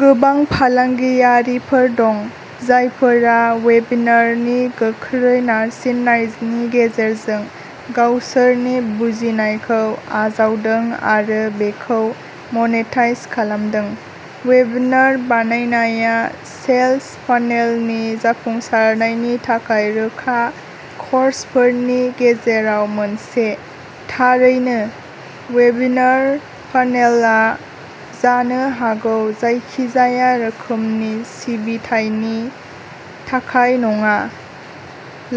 गोबां फालांगियारिफोर दं, जायफोरा अवेबिनारनि गोख्रै नारसिननायनि गेजेरजों गावसोरनि बुजिनायखौ आजावदों आरो बेखौ मनेटाइज खालामदों। अवेबनार बानायनाया सेल्स फानेलनि जाफुंसारनायनि थाखाय रोखा कर्सफोरनि गेजेराव मोनसे। थारैनो, अवेबिनार फानेलआ जानो हागौ जायखिजाया रोखोमनि सिबिथायनि थाखाय नङा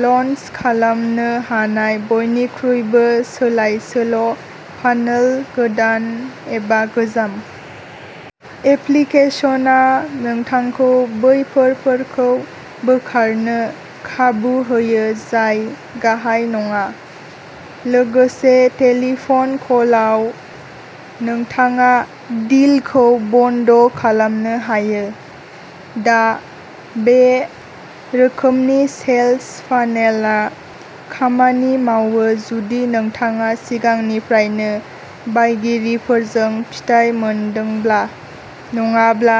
लन्च खालामनो हानाय बयनिख्रुइबो सोलायसोल' फानेल गोदान एबा गोजाम। एप्लिकेशनआ नोंथांखौ बैफोरफोरखौ बोखारनो खाबु होयो जाय गाहाय नङा। लोगोसे टेलिफन कलआव, नोंथाङा डिलखौ बन्द' खालामनो हायो। दा, बे रोखोमनि सेल्स फानेलआ खामानि मावो जुदि नोंथाङा सिगांनिफ्रायनो बायगिरिफोरजों फिथाय मोनदोंब्ला। नङाब्ला,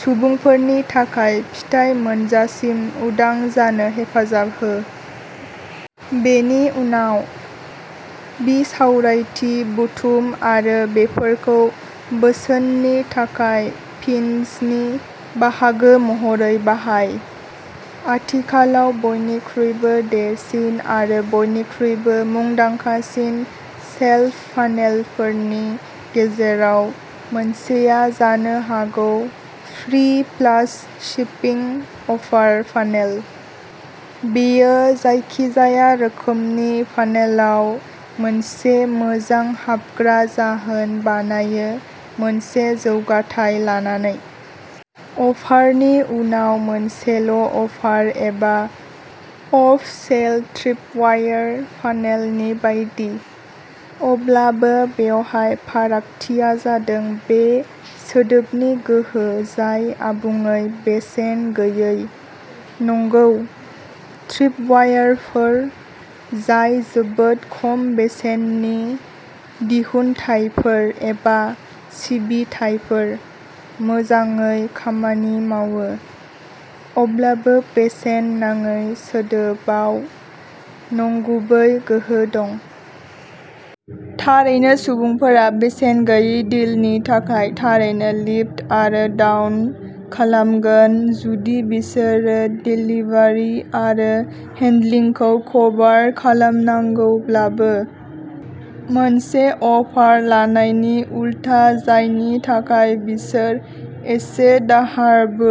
सुबुंफोरनि थाखाय फिथाय मोनजासिम उदां जानो हेफाजाब हो। बेनि उनाव, बिसावरायथि बुथुम आरो बेफोरखौ बोसोननि थाखाय पिनचनि बाहागो महरै बाहाय। आथिखालाव बयनिख्रुइबो देरसिन आरो बयनिख्रुइबो मुंदांखासिन सेल्स फानेलफोरनि गेजेराव मोनसेआ जानो हागौ फ्रि-प्लास-शिपिं अफार फानेल। बेयो जायखिजाया रोखोमनि फानेलाव मोनसे मोजां हाबग्रा जाहोन बानायो मोनसे जौगाथाय लानानै। अफारनि उनाव मोनसेल' अफार एबा अप-सेल ट्रिपवायार फानेलनि बायदि। अब्लाबो बेवहाय फारागथिया जादों बे सोदोबनि गोहो जाय आबुङै बेसेन गैयै। नंगौ, ट्रिपवाइरफोर, जाय जोबोद खम बेसेननि दिहुनथायफोर एबा सिबिथाइफोर, मोजाङै खामानि मावो। अब्लाबो बेसेन नाङै सोदोबाव नंगुबै गोहो दं। थारैनो सुबुंफोरा बेसेन-गैयै डिलनि थाखाय थारैनो लिफ्ट आरो डाउन खालामगोन जुदि बिसोरो देलिभारि आरो हेन्डेलिंखौ कभार खालामनांगौब्लाबो, मोनसे अफार लानायनि उलथा जायनि थाखाय बिसोर एसे दाहारबो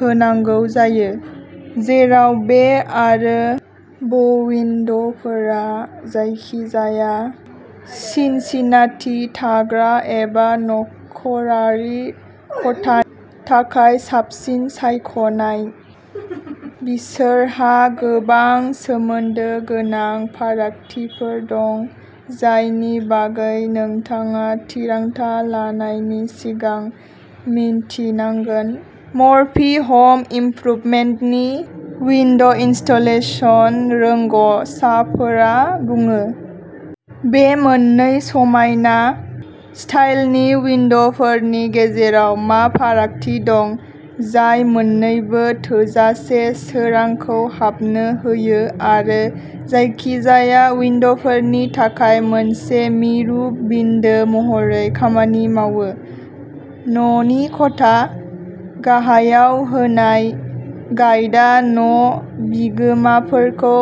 होनांगौ जायो। जेराव बे आरो ब'उइन्ड'फोरा जायखिजाया सिनसिनाटि थाग्रा एबा नखरारि खथानि थाखाय साबसिन सायख'नाय, बिसोरहा गोबां सोमोन्दो गोनां फारागथिफोर दं जायनि बागै नोंथाङा थिरांथा लानायनि सिगां मिन्थिनांगोन, मर्फी हम इमप्रुबमेन्टनि उइन्ड'इनस्टलेशन रोंग'साफोरा बुङो। बे मोननै समायना स्टाइलनि उइन्ड'फोरनि गेजेराव मा फारागथि दं जाय मोननैबो थोजासे सोरांखौ हाबनो होयो आरो जायखिजाया उइन्ड'फोरनि थाखाय मोनसे मिरु बिन्दो महरै खामानि मावो। न'नि खथा? गाहायाव होनाय गाइदा न' बिगोमाफोरखौ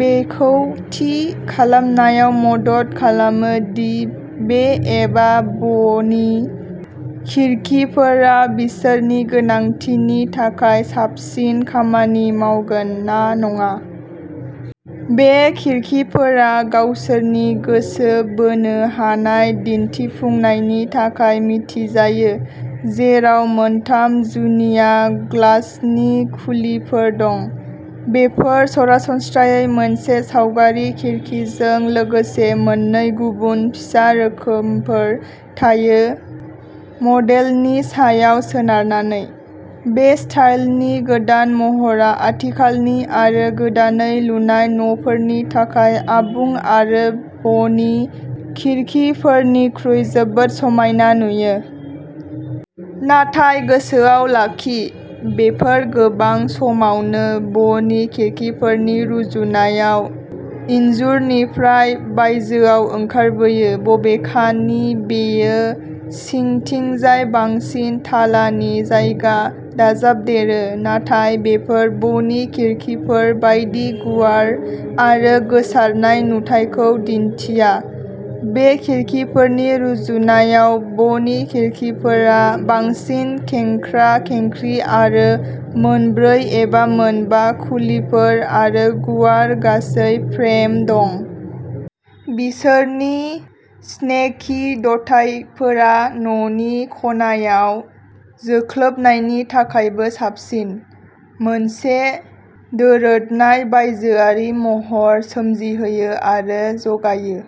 बेखौ थि खालामनायाव मदद खालामो दि बे एबा ब'नि खिरखिफोरा बिसोरनि गोनांथिनि थाखाय साबसिन खामानि मावगोन ना नङा। बे खिरखिफोरा गावसोरनि गोसो बोनो हानाय दिन्थिफुंनायनि थाखाय मिथिजायो, जेराव मोनथाम जुनिया ग्लासनि खुलिफोर दं। बेफोर सरासनस्रायै मोनसे सावगारि खिरखिजों लोगोसे मोननै गुबुन फिसा रोखोमफोर थायो मडेलनि सायाव सोनारनानै। बे स्टाइलनि गोदान महरआ आथिखालनि आरो गोदानै लुनाय न'फोरनि थाखाय आबुं आरो ब'नि खिरखिफोरनिख्रुइ जोबोद समायना नुयो। नाथाय गोसोआव लाखि, बेफोर गोबां समावनो ब'नि खिरखिफोरनि रुजुनायाव इनजुरनिफ्राय बायजोआव ओंखारबोयो। बबेखानि बेयो सिंथिंजाय बांसिन थालानि जायगा दाजाबदेरो नाथाय बेफोर ब'नि खिरखिफोर बायदि गुवार आरो गोसारनाय नुथाइखौ दिन्थिया। बे खिरखिफोरनि रुजुनायाव ब'नि खिरखिफोरा बांसिन खेंख्रा-खेंख्रि आरो मोनब्रै एबा मोनबा खुलिफोर आरो गुवार गासै फ्रेम दं। बिसोरनि स्नेकि दाथायफोरा न'नि खनायाव जोख्लोबनायनि थाखायबो साबसिन, मोनसे दोरोदनाय बायजोआरि महर सोमजिहोयो आरो जगायो।